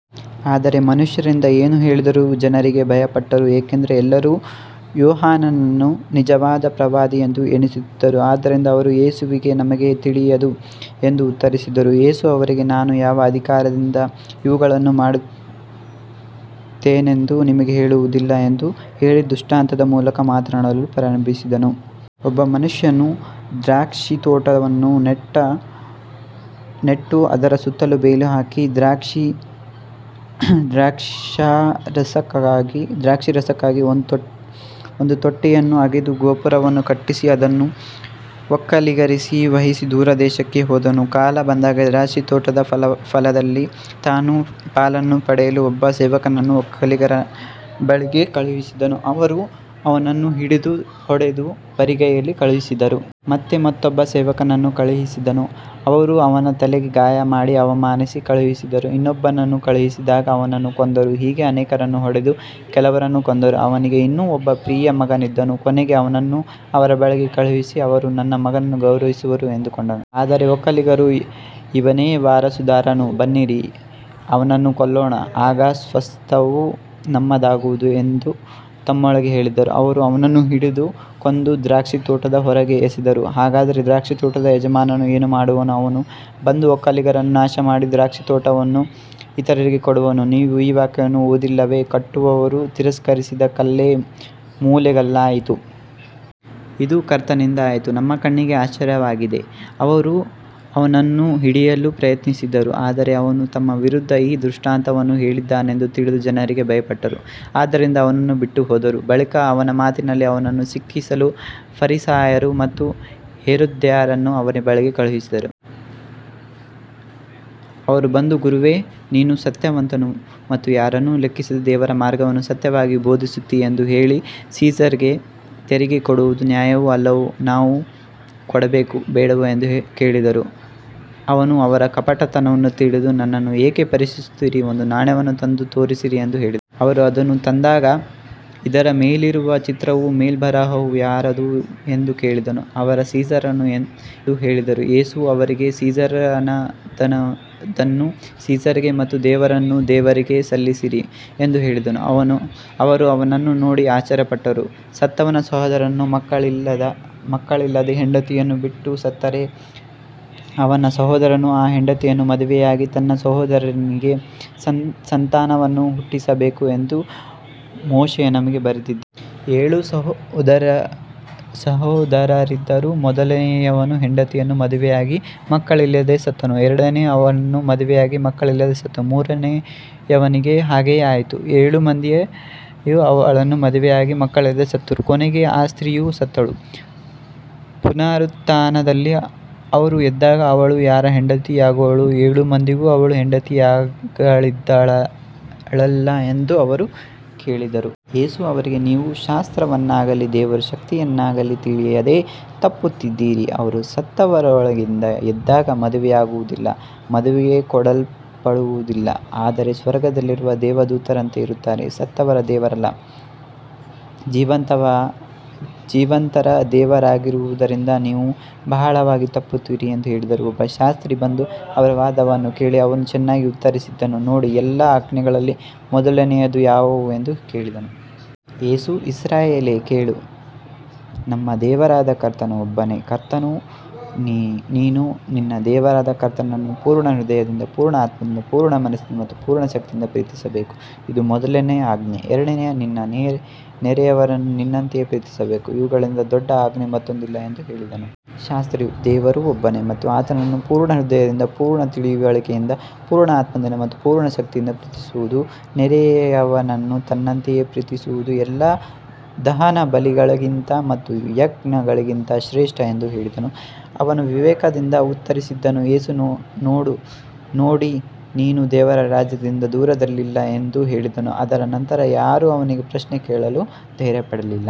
ಆದರೆ ಮನುಷ್ಯರಿಂದ ಎಂದು ಹೇಳಿದರೆ ಜನರಿಗೆ ಭಯಪಟ್ಟರು, ಏಕೆಂದರೆ ಎಲ್ಲರೂ ಯೋಹಾನನನ್ನು ನಿಜವಾದ ಪ್ರವಾದಿಯೆಂದು ಎಣಿಸಿದ್ದರು. ಆದ್ದರಿಂದ ಅವರು ಯೇಸುವಿಗೆ, ನಮಗೆ ತಿಳಿಯದು ಎಂದು ಉತ್ತರಿಸಿದರು. ಯೇಸು ಅವರಿಗೆ, ನಾನು ಯಾವ ಅಧಿಕಾರದಿಂದ ಇವುಗಳನ್ನು ಮಾಡುತ್ತೇನೆಂದು ನಿಮಗೆ ಹೇಳುವುದಿಲ್ಲ ಎಂದು ಹೇಳಿ ದೃಷ್ಟಾಂತದ ಮೂಲಕ ಮಾತನಾಡಲು ಪ್ರಾರಂಭಿಸಿದನು. ಒಬ್ಬ ಮನುಷ್ಯನು ದ್ರಾಕ್ಷಿತೋಟವನ್ನು ನೆಟ್ಟು ಅದರ ಸುತ್ತಲೂ ಬೇಲಿ ಹಾಕಿ, ದ್ರಾಕ್ಷಾರಸಕ್ಕಾಗಿ ಒಂದು ತೊಟ್ಟಿಯನ್ನು ಅಗೆದು ಗೋಪುರವನ್ನು ಕಟ್ಟಿಸಿ, ಅದನ್ನು ಒಕ್ಕಲಿಗರಿಗೆ ವಹಿಸಿ ದೂರದೇಶಕ್ಕೆ ಹೋದನು. ಕಾಲ ಬಂದಾಗ ದ್ರಾಕ್ಷಿತೋಟದ ಫಲದಲ್ಲಿ ತನ್ನ ಪಾಲನ್ನು ಪಡೆಯಲು ಒಬ್ಬ ಸೇವಕನನ್ನು ಒಕ್ಕಲಿಗರ ಬಳಿಗೆ ಕಳುಹಿಸಿದನು. ಅವರು ಅವನನ್ನು ಹಿಡಿದು ಹೊಡೆದು ಬರಿಗೈಯಲ್ಲಿ ಕಳುಹಿಸಿದರು. ಮತ್ತೆ ಮತ್ತೊಬ್ಬ ಸೇವಕನನ್ನು ಕಳುಹಿಸಿದನು. ಅವರು ಅವನ ತಲೆಗೆ ಗಾಯಮಾಡಿ ಅವಮಾನಿಸಿ ಕಳುಹಿಸಿದರು. ಇನ್ನೊಬ್ಬನನ್ನು ಕಳುಹಿಸಿದಾಗ ಅವನನ್ನು ಕೊಂದರು. ಹೀಗೆ ಅನೇಕರನ್ನು ಹೊಡೆದು ಕೆಲವರನ್ನು ಕೊಂದರು. ಅವನಿಗೆ ಇನ್ನೂ ಒಬ್ಬ ಪ್ರಿಯ ಮಗನಿದ್ದನು. ಕೊನೆಗೆ ಅವನನ್ನು ಅವರ ಬಳಿಗೆ ಕಳುಹಿಸಿ, ಅವರು ನನ್ನ ಮಗನನ್ನು ಗೌರವಿಸುವರು ಎಂದುಕೊಂಡನು. ಆದರೆ ಒಕ್ಕಲಿಗರು, ಇವನೇ ವಾರಸುದಾರನು, ಬನ್ನಿರಿ, ಅವನನ್ನು ಕೊಲ್ಲೋಣ, ಆಗ ಸ್ವಾಸ್ತ್ಯವು ನಮ್ಮದಾಗುವುದು ಎಂದು ತಮ್ಮೊಳಗೆ ಹೇಳಿದರು. ಅವರು ಅವನನ್ನು ಹಿಡಿದು ಕೊಂದು ದ್ರಾಕ್ಷಿತೋಟದ ಹೊರಗೆ ಎಸೆದರು. ಹಾಗಾದರೆ ದ್ರಾಕ್ಷಿತೋಟದ ಯಜಮಾನನು ಏನು ಮಾಡುವನು. ಅವನು ಬಂದು ಒಕ್ಕಲಿಗರನ್ನು ನಾಶಮಾಡಿ ದ್ರಾಕ್ಷಿತೋಟವನ್ನು ಇತರರಿಗೆ ಕೊಡುವನು. ನೀವು ಈ ವಾಕ್ಯವನ್ನು ಓದಿಲ್ಲವೇ, ಕಟ್ಟುವವರು ತಿರಸ್ಕರಿಸಿದ ಕಲ್ಲೇ ಮೂಲೆಗಲ್ಲಾಯಿತು. ಇದು ಕರ್ತನಿಂದ ಆಯಿತು, ನಮ್ಮ ಕಣ್ಣಿಗೆ ಆಶ್ಚರ್ಯವಾಗಿದೆ. ಅವರು ಅವನನ್ನು ಹಿಡಿಯಲು ಪ್ರಯತ್ನಿಸಿದರು, ಆದರೆ ಅವನು ತಮ್ಮ ವಿರುದ್ಧ ಈ ದೃಷ್ಟಾಂತವನ್ನು ಹೇಳಿದ್ದಾನೆಂದು ತಿಳಿದು ಜನರಿಗೆ ಭಯಪಟ್ಟರು. ಆದ್ದರಿಂದ ಅವನನ್ನು ಬಿಟ್ಟುಹೋದರು. ಬಳಿಕ ಅವನ ಮಾತಿನಲ್ಲಿ ಅವನನ್ನು ಸಿಕ್ಕಿಸಲು ಫರಿಸಾಯರು ಮತ್ತು ಹೆರೋದ್ಯರನ್ನು ಅವನ ಬಳಿಗೆ ಕಳುಹಿಸಿದರು. ಅವರು ಬಂದು, ಗುರುವೇ, ನೀನು ಸತ್ಯವಂತನು ಮತ್ತು ಯಾರನ್ನೂ ಲೆಕ್ಕಿಸದೆ ದೇವರ ಮಾರ್ಗವನ್ನು ಸತ್ಯವಾಗಿ ಬೋಧಿಸುತ್ತೀ ಎಂದು ಹೇಳಿ, ಸೀಸರ್‌ಗೆ ತೆರಿಗೆ ಕೊಡುವುದು ನ್ಯಾಯವೋ ಅಲ್ಲವೋ, ನಾವು ಕೊಡಬೇಕೋ ಬೇಡವೋ ಎಂದು ಕೇಳಿದರು. ಅವನು ಅವರ ಕಪಟವನ್ನು ತಿಳಿದು, ನನ್ನನ್ನು ಏಕೆ ಪರೀಕ್ಷಿಸುತ್ತೀರಿ. ಒಂದು ನಾಣ್ಯವನ್ನು ತಂದು ತೋರಿಸಿರಿ ಎಂದು ಹೇಳಿದನು. ಅವರು ಅದನ್ನು ತಂದಾಗ, ಇದರ ಮೇಲಿರುವ ಚಿತ್ರವೂ ಮೇಲ್ಬರಹವೂ ಯಾರದು ಎಂದು ಕೇಳಿದನು. ಅವರು, ಸೀಸರನದು ಎಂದು ಹೇಳಿದರು. ಯೇಸು ಅವರಿಗೆ, ಸೀಸರನದನ್ನು ಸೀಸರ್‌ಗೆ ಮತ್ತು ದೇವರದನ್ನು ದೇವರಿಗೆ ಸಲ್ಲಿಸಿರಿ ಎಂದು ಹೇಳಿದನು. ಅವರು ಅವನನ್ನು ನೋಡಿ ಆಶ್ಚರ್ಯಪಟ್ಟರು. ಸತ್ತವನ ಸಹೋದರನು ಮಕ್ಕಳಿಲ್ಲದೆ ಹೆಂಡತಿಯನ್ನು ಬಿಟ್ಟು ಸತ್ತರೆ, ಅವನ ಸಹೋದರನು ಆ ಹೆಂಡತಿಯನ್ನು ಮದುವೆಯಾಗಿ ತನ್ನ ಸಹೋದರನಿಗೆ ಸಂತಾನವನ್ನು ಹುಟ್ಟಿಸಬೇಕು ಎಂದು ಮೋಶೆಯು ನಮಗೆ ಬರೆದಿದ್ದಾನೆ. ಏಳು ಸಹೋದರರಿದ್ದರು. ಮೊದಲನೆಯವನು ಹೆಂಡತಿಯನ್ನು ಮದುವೆಯಾಗಿ ಮಕ್ಕಳಿಲ್ಲದೆ ಸತ್ತನು. ಎರಡನೆಯವನು ಅವಳನ್ನು ಮದುವೆಯಾಗಿ ಮಕ್ಕಳಿಲ್ಲದೆ ಸತ್ತನು. ಮೂರನೆಯವನಿಗೂ ಹಾಗೆಯೇ ಆಯಿತು. ಏಳು ಮಂದಿಯೂ ಅವಳನ್ನು ಮದುವೆಯಾಗಿ ಮಕ್ಕಳಿಲ್ಲದೆ ಸತ್ತರು. ಕೊನೆಗೆ ಆ ಸ್ತ್ರೀಯೂ ಸತ್ತಳು. ಪುನರುತ್ಥಾನದಲ್ಲಿ ಅವರು ಎದ್ದಾಗ ಅವಳು ಯಾರ ಹೆಂಡತಿಯಾಗುವಳು, ಏಳು ಮಂದಿಗೂ ಅವಳು ಹೆಂಡತಿಯಾಗಿದ್ದಳಲ್ಲ ಎಂದು ಅವರು ಕೇಳಿದರು. ಯೇಸು ಅವರಿಗೆ, ನೀವು ಶಾಸ್ತ್ರವನ್ನಾಗಲಿ ದೇವರ ಶಕ್ತಿಯನ್ನಾಗಲಿ ತಿಳಿಯದೆ ತಪ್ಪುತ್ತಿದ್ದೀರಿ. ಅವರು ಸತ್ತವರೊಳಗಿಂದ ಎದ್ದಾಗ ಮದುವೆಯಾಗುವುದಿಲ್ಲ, ಮದುವೆಗೆ ಕೊಡಲ್ಪಡುವುದಿಲ್ಲ, ಆದರೆ ಸ್ವರ್ಗದಲ್ಲಿರುವ ದೇವದೂತರಂತೆ ಇರುತ್ತಾರೆ. ಸತ್ತವರ ದೇವರಲ್ಲ, ಜೀವಂತರ ದೇವರಾಗಿರುವುದರಿಂದ ನೀವು ಬಹಳವಾಗಿ ತಪ್ಪುತ್ತೀರಿ ಎಂದು ಹೇಳಿದನು. ಒಬ್ಬ ಶಾಸ್ತ್ರಿ ಬಂದು ಅವರ ವಾದವನ್ನು ಕೇಳಿ ಅವನು ಚೆನ್ನಾಗಿ ಉತ್ತರಿಸಿದ್ದನ್ನು ನೋಡಿ, ಎಲ್ಲ ಆಜ್ಞೆಗಳಲ್ಲಿ ಮೊದಲನೆಯದು ಯಾವುದು ಎಂದು ಕೇಳಿದನು. ಯೇಸು, ಇಸ್ರಾಯೇಲೇ ಕೇಳು, ನಮ್ಮ ದೇವರಾದ ಕರ್ತನು ಒಬ್ಬನೇ ಕರ್ತನು. ನೀನು ನಿನ್ನ ದೇವರಾದ ಕರ್ತನನ್ನು ಪೂರ್ಣ ಹೃದಯದಿಂದ, ಪೂರ್ಣ ಆತ್ಮದಿಂದ, ಪೂರ್ಣ ಮನಸ್ಸಿನಿಂದ ಮತ್ತು ಪೂರ್ಣ ಶಕ್ತಿಯಿಂದ ಪ್ರೀತಿಸಬೇಕು. ಇದು ಮೊದಲನೆಯ ಆಜ್ಞೆ. ಎರಡನೆಯದು, ನಿನ್ನ ನೆರೆಯವನನ್ನು ನಿನ್ನಂತೆಯೇ ಪ್ರೀತಿಸಬೇಕು. ಇವುಗಳಿಗಿಂತ ದೊಡ್ಡ ಆಜ್ಞೆ ಮತ್ತೊಂದಿಲ್ಲ ಎಂದು ಹೇಳಿದನು. ಶಾಸ್ತ್ರಿಯು, ದೇವರು ಒಬ್ಬನೇ ಮತ್ತು ಆತನನ್ನು ಪೂರ್ಣ ಹೃದಯದಿಂದ, ಪೂರ್ಣ ತಿಳುವಳಿಕೆಯಿಂದ, ಪೂರ್ಣ ಆತ್ಮದಿಂದ ಮತ್ತು ಪೂರ್ಣ ಶಕ್ತಿಯಿಂದ ಪ್ರೀತಿಸುವುದೂ, ನೆರೆಯವನನ್ನು ತನ್ನಂತೆಯೇ ಪ್ರೀತಿಸುವುದೂ ಎಲ್ಲಾ ದಹನಬಲಿಗಳಿಗಿಂತ ಮತ್ತು ಯಜ್ಞಗಳಿಗಿಂತ ಶ್ರೇಷ್ಠ ಎಂದು ಹೇಳಿದನು. ಅವನು ವಿವೇಕದಿಂದ ಉತ್ತರಿಸಿದ್ದನ್ನು ಯೇಸು ನೋಡಿ, ನೀನು ದೇವರ ರಾಜ್ಯದಿಂದ ದೂರದಲ್ಲಿಲ್ಲ ಎಂದು ಹೇಳಿದನು. ಅದರ ನಂತರ ಯಾರೂ ಅವನಿಗೆ ಪ್ರಶ್ನೆ ಕೇಳಲು ಧೈರ್ಯಪಡಲಿಲ್ಲ.